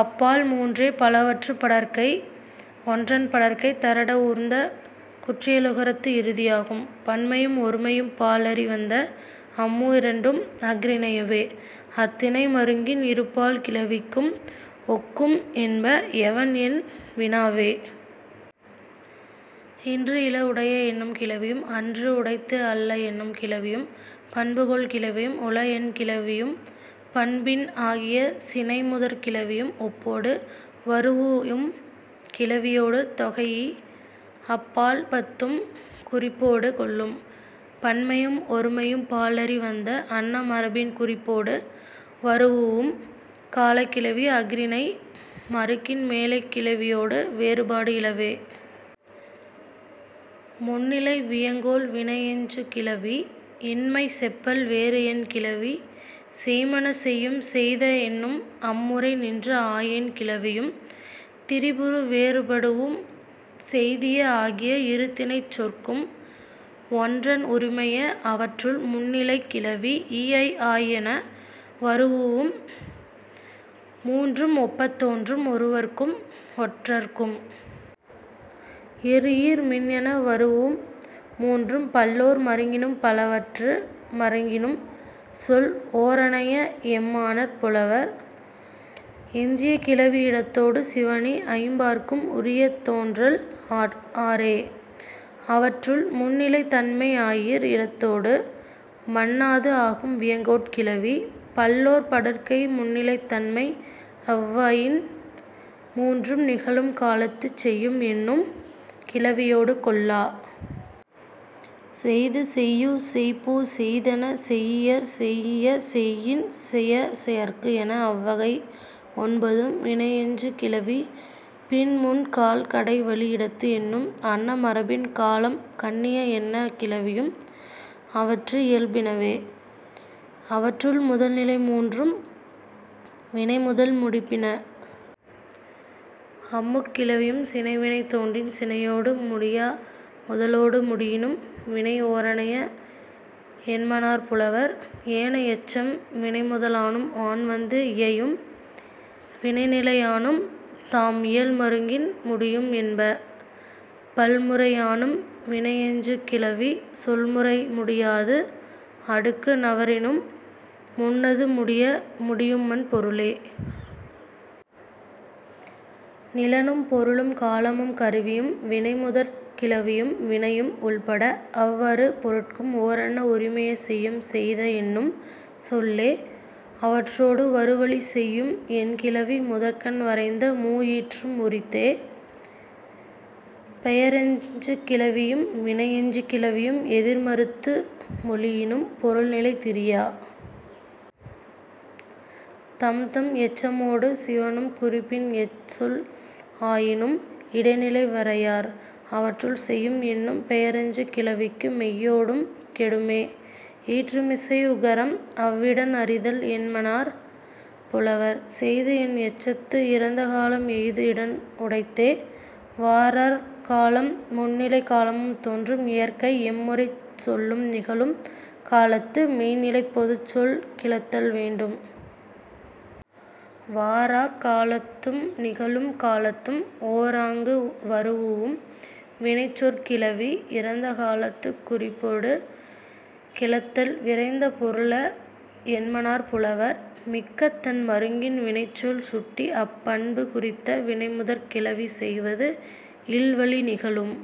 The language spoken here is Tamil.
அப் பால் மூன்றே பலவற்றுப் படர்க்கை. ஒன்றன் படர்க்கை த ற ட ஊர்ந்த குன்றியலுகரத்து இறுதி ஆகும். பன்மையும் ஒருமையும் பால் அறி வந்த அம் மூ இரண்டும் அஃறிணையவ்வே. அத் திணை மருங்கின் இரு பால் கிளவிக்கும் ஒக்கும் என்ப எவன் என் வினாவே. இன்று இல உடைய என்னும் கிளவியும் அன்று உடைத்து அல்ல என்னும் கிளவியும் பண்பு கொள் கிளவியும் உள என் கிளவியும் பண்பின் ஆகிய சினைமுதற் கிளவியும் ஒப்பொடு வரூஉம் கிளவியொடு தொகைஇ அப் பால் பத்தும் குறிப்பொடு கொள்ளும். பன்மையும் ஒருமையும் பால் அறி வந்த அன்ன மரபின் குறிப்பொடு வரூஉம் காலக் கிளவி அஃறிணை மருங்கின் மேலைக் கிளவியொடு வேறுபாடு இலவே. முன்னிலை வியங்கோள் வினையெஞ்சுகிளவி இன்மை செப்பல் வேறு என் கிளவி செய்ம்மன செய்யும் செய்த என்னும் அம் முறை நின்ற ஆயெண் கிளவியும் திரிபு வேறுபடூஉம் செய்திய ஆகி இரு திணைச் சொற்கும் ஓரன்ன உரிமைய. அவற்றுள், முன்னிலைக் கிளவி இ ஐ ஆய் என வரூஉம் மூன்றும் ஒப்பத் தோன்றும் ஒருவர்க்கும் ஒன்றற்கும். இர் ஈர் மின் என வரூஉம் மூன்றும் பல்லோர் மருங்கினும் பலவற்று மருங்கினும் சொல் ஓரனைய என்மனார் புலவர். எஞ்சிய கிளவி இடத்தொடு சிவணி ஐம் பாற்கும் உரிய தோன்றல் ஆறே. அவற்றுள், முன்னிலை தன்மை ஆயீர் இடத்தொடு மன்னாது ஆகும் வியங்கோட் கிளவி. பல்லோர் படர்க்கை முன்னிலை தன்மை அவ் வயின் மூன்றும் நிகழும் காலத்துச் செய்யும் என்னும் கிளவியொடு கொள்ளா. செய்து செய்யூ செய்பு செய்தென செய்யியர் செய்யிய செயின் செய செயற்கு என அவ் வகை ஒன்பதும் வினையெஞ்சுகிளவி. பின் முன் கால் கடை வழி இடத்து என்னும் அன்ன மரபின் காலம் கண்ணிய என்ன கிளவியும் அவற்று இயல்பினவே. அவற்றுள், முதல் நிலை மூன்றும் வினைமுதல் முடிபின. அம் முக் கிளவியும் சினை வினை தோன்றின் சினையொடு முடியா முதலொடு முடியினும் வினை ஓரனைய என்மனார் புலவர். ஏனை எச்சம் வினைமுதலானும் ஆன் வந்து இயையும் வினைநிலையானும் தாம் இயல் மருங்கின் முடியும் என்ப. பல் முறையானும் வினையெஞ்சுகிளவி சொல் முறை முடியாது அடுக்குந வரினும் முன்னது முடிய முடியுமன் பொருளே. நிலனும் பொருளும் காலமும் கருவியும் வினைமுதற் கிளவியும் வினையும் உளப்பட அவ் அறு பொருட்கும் ஓரன்ன உரிமைய செய்யும் செய்த என்னும் சொல்லே. அவற்றொடு வரு வழி செய்யும் என் கிளவி முதற்கண் வரைந்த மூ ஈற்றும் உரித்தே. பெயரெஞ்சுகிளவியும் வினையெஞ்சுகிளவியும் எதிர் மறுத்து மொழியினும் பொருள் நிலை திரியா. தம்தம் எச்சமொடு சிவணும் குறிப்பின் எச் சொல் ஆயினும் இடைநிலை வரையார். அவற்றுள், செய்யும் என்னும் பெயரெஞ்சுகிளவிக்கு மெய்யொடும் கெடுமே ஈற்றுமிசை உகரம் அவ் இடன் அறிதல் என்மனார் புலவர். செய்து என் எச்சத்து இறந்த காலம் எய்து இடன் உடைத்தே வாராக் காலம். முந் நிலைக் காலமும் தோன்றும் இயற்கை எம் முறைச் சொல்லும் நிகழும் காலத்து மெய்ந் நிலைப் பொதுச் சொல் கிளத்தல் வேண்டும். வாராக் காலத்தும் நிகழும் காலத்தும் ஓராங்கு வரூஉம் வினைச்சொற் கிளவி இறந்த காலத்துக் குறிப்பொடு கிளத்தல் விரைந்த பொருள என்மனார் புலவர். மிக்கதன் மருங்கின் வினைச்சொல் சுட்டி அப் பண்பு குறித்த வினைமுதற் கிளவி செய்வது இல் வழி நிகழும்